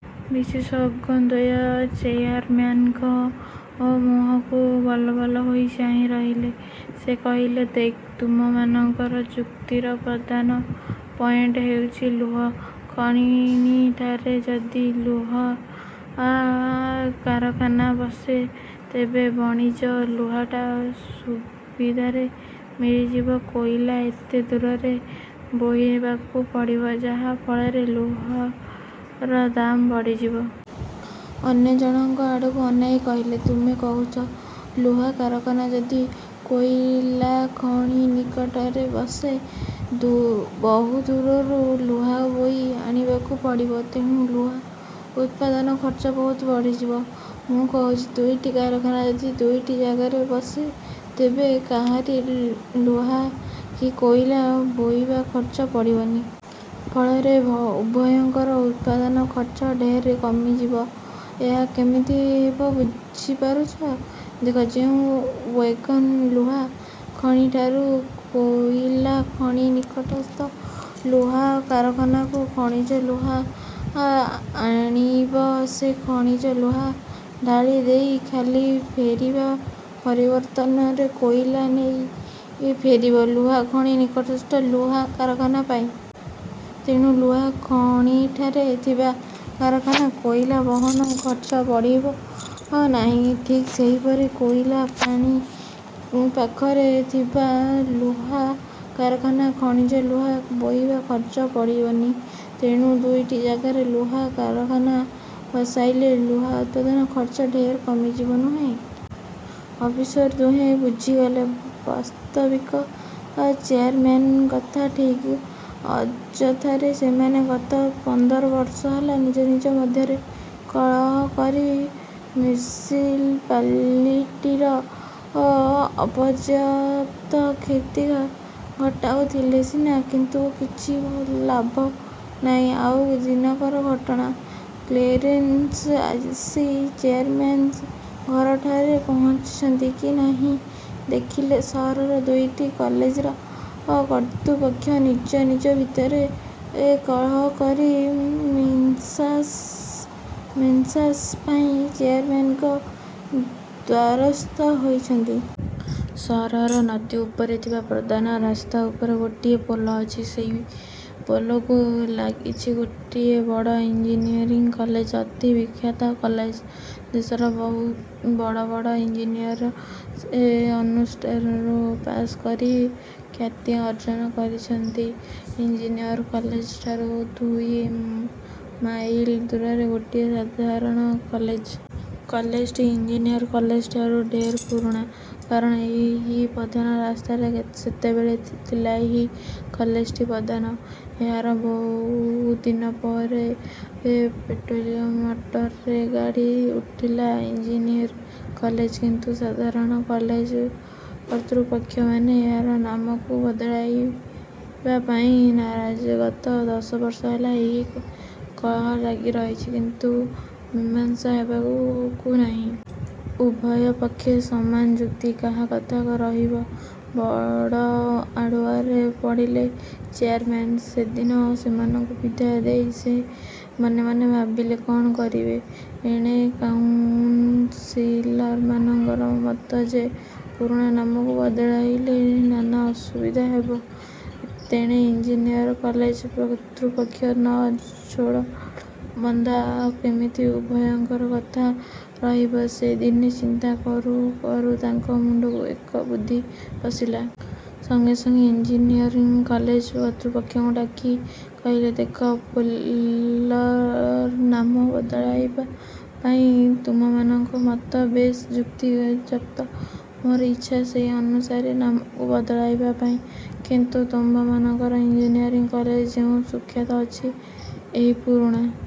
ବିଶେଷଜ୍ଞଦ୍ୱୟ ଚେୟାରମ୍ୟାନଙ୍କ ମୁହକୁ ବଲବଲ ହୋଇ ଚାହିଁ ରହିଲେ। ସେ କହିଲେ, 'ଦେଖ, ତୁମମାନଙ୍କର ଯୁକ୍ତିର ପ୍ରଧାନ ପଏଣ୍ଟ ହେଉଛି ଲୁହା ଖଣିଠାରେ ଯଦି ଲୁହା କାରଖାନା ବସେ ତେବେ ଖଣିଜ ଲୁହାଟା ସୁବିଧାରେ ମିଳିଯିବ। କୋଇଲା ଏତେ ଦୂରରେ ବୋହିବାକୁ ପଡ଼ିବ ଯାହା ଫଳରେ ଲୁହାର ଦାମ ବଢ଼ିଯିବ। ଅନ୍ୟ ଜଣଙ୍କ ଆଡ଼କୁ ଅନାଇ କହିଲେ, 'ତୁମେ କହୁଛ ଲୁହା କାରଖାନା ଯଦି କୋଇଲାଖଣିନିକଟରେ ବସେ ବହୁ ଦୂରରୁ ଲୁହା ବୋହି ଆଣିବାକୁ ପଡ଼ିବ ତେଣୁ ଲୁହା ଉତ୍ପାଦନ ଖର୍ଚ୍ଚ ବହୁତ ବଢ଼ିଯିବ। ମୁଁ କହୁଛି ଦୁଇଟି କାରଖାନା ଯଦି ଦୁଇଟି ଜାଗାରେ ବସେ ତେବେ କାହାରି ଲୁହା କି କୋଇଲା ବୋହିବା ଖର୍ଚ୍ଚ ପଡ଼ିବନି। ଫଳରେ ଉଭୟଙ୍କର ଉତ୍ପାଦନ ଖର୍ଚ୍ଚ ଢେର କମିଯିବ। ଏହା କେମିତି ହେବ ବୁଝିପାରୁଛ? ଦେଖ ଯେଉଁ ଓ୍ୟାଗନ ଲୁହା ଖଣିଠାରୁ କୋଇଲାଖଣିନିକଟସ୍ଥ ଲୁହା କାରଖାନାକୁ ଖଣିଜ ଲୁହା ଆଣିବ ସେ ଖଣିଜ ଲୁହା ଢାଳି ଦେଇ ଖାଲି ଫେରିବା ପରିବର୍ତ୍ତରେ କୋଇଲା ନେଇ ଫେରିବ ଲୁହା ଖଣି ନିକଟସ୍ଥ ଲୁହା କାରଖାନା ପାଇଁ। ତେଣୁ ଲୁହା ଖଣିଠାରେ ଥିବା କାରଖାନା କୋଇଲା ବହନ ଖର୍ଚ୍ଚ ପଡ଼ିବ ନାହିଁ। ଠିକ୍ ସେହିପରି କୋଇଲା ଖଣି ପାଖରେ ଥିବା ଲୁହା କାରଖାନା ଖଣିଜ ଲୁହା ବୋହିବା ଖର୍ଚ୍ଚ ପଡ଼ିବନି। ତେଣୁ ଦୁଇଟି ଯାଗାରେ ଲୁହା କାରଖାନା ବସାଇଲେ ଲୁହା ଉତ୍ପାଦନ ଖର୍ଚ୍ଚ ଢେର କମିଯିବ, ନୁହେଁ? ଅଫିସର ଦୁହେଁ ବୁଝିଗଲେ। ବାସ୍ତବିକ୍ ଚେୟାରମେନ କଥା ଠିକ୍। ଅଯଥାରେ ସେମାନେ ଗତ ପନ୍ଦର ବର୍ଷ ହେଲା ନିଜ ନିଜ ମଧ୍ୟରେ କଳହ କରି ମ୍ୟୁସିଲପାଲିଟିର ଅପର୍ଯ୍ୟାପ୍ତ କ୍ଷତି ଘଟାଉଥିଲେ ସିନା, କିନ୍ତୁ କିଛି ଲାଭ ନାହିଁ। ଆଉ ଦିନକର ଘଟଣା କ୍ଳେରେନସ୍ ଆସି ଚେୟାରମେନ୍ଙ୍କ ଘରଠାରେ ପହଞ୍ଚିଛନ୍ତି କି ନାହିଁ, ଦେଖିଲେ ସହରର ଦୁଇଟି କଲେଜର କର୍ତ୍ତୁପକ୍ଷ ନିଜ ନିଜ ଭିତରେ କଳହ କରି ମିଂସାସ ମିଂସାସ ସା ପାଇଁ ଚେୟାରମେନଙ୍କ ଦ୍ୱାରସ୍ଥ ହୋଇଛନ୍ତି। ସହରର ନଦୀ ଉପରେ ଥିବା ପ୍ରଧାନ ରାସ୍ତା ଉପରେ ଗୋଟିଏ ପୋଲ ଅଛି। ସେଇ ପୋଲକୁ ଲାଗିଛି ଗୋଟିଏ ବଡ଼ ଇଞ୍ଜିନିୟରିଂ କଲେଜ ଅତି ବିଖ୍ୟାତ କଲେଜ। ଦେଶର ବହୁ ବଡ଼ ବଡ଼ ଇଂଜିନିଅର ସେ ଅନୁଷ୍ଠାନରୁ ପାଶ କରି ଖ୍ୟାତି ଅର୍ଜ୍ଜନ କରିଛନ୍ତି। ଇଞ୍ଜିନିୟର କଲେଜଠାରୁ ଦୁଇ ମାଇଲ ଦୂରରେ ଗୋଟିଏ ସାଧାରଣ କଲେଜ। କଲେଜଟି ଇଂଜିନିଅର କଲେଜଠାରୁ ଢେର ପୁରୁଣା। କାରଣ ଏହି ପ୍ରଧାନ ରାସ୍ତାରେ ସେତେବେଳେ ଥିଲା ଏହି କଲେଜଟି ପଧାନ। ଏହାର ବହୁଦିନ ପରେ ପେଟୋଲିଅମ ମଟରରେ ଗାଡି ଉଠିଲା ଇଂଜିନିଅର କଲେଜ କିନ୍ତୁ ସାଧାରଣ କଲେଜ କର୍ତ୍ତୃପକ୍ଷମାନେ ଏହାର ନାମକୁ ବଦଳାଇବା ପାଇଁ ନାରାଜ। ଗତ ଦଶବର୍ଷ ହେଲା ଏହି କଳହ ଲାଗି ରହିଛି; କିନ୍ତୁ ମୀମାଂସା ହେବାକୁ ନାହିଁ। ଉଭୟ ପକ୍ଷେ ସମାନ ଯୁକ୍ତି, କାହା କଥା ରହିବ। ବଡ଼ ଆଡ଼ୁଆରେ ପଡ଼ିଲେ ଚେୟାରମେନ। ସେଦିନ ସେମାନଙ୍କୁ ବିଦାୟ ଦେଇ ସେ ମନେ ମନେ ଭାବିଲେ କ'ଣ କରିବେ। ଏଣେ କାଉନସିଲରମାନଙ୍କର ମତ ଯେ ପୁରୁଣା ନାମକୁ ବଦଳାଇଲେ ନାନା ଅସୁବିଧା ହେବ ତେଣେ ଇଂଜିନିଅର କଲେଜ କର୍ତ୍ତୃପକ୍ଷ ନ ଛୋଡ଼ ବନ୍ଧା କେମିତି ଉଭୟଙ୍କର କଥା ରହିବ ସେ ଦିନେ ଚିନ୍ତା କରୁ କରୁ ତାଙ୍କ ମୁଣ୍ଡକୁ ଏକ ବୁଦ୍ଧି ପଶିଲା। ସଙ୍ଗେ ସଙ୍ଗେ ଇଂଜିନିଅରିଂ କଲେଜ କର୍ତ୍ତୃପକ୍ଷଙ୍କୁ ଡାକି କହିଲେ, ଦେଖ, ପୋଲର ନାମ ବଦଳାଇବା ପାଇଁ ତୁମମାନଙ୍କ ମତ ବେଶ ଯୁକ୍ତି ଯୁକ୍ତ। ମୋର ଇଚ୍ଛା ସେହି ଅନୁସାରେ ନାମକୁ ବଦଳାଇବା ପାଇଁ। କିନ୍ତୁ ତୁମ୍ଭମାନଙ୍କର ଇଂଜିନିଅରିଂ କଲେଜର ଯେଉଁ ସୁଖ୍ୟାତ ଅଛି ଏହି ପୁରୁଣା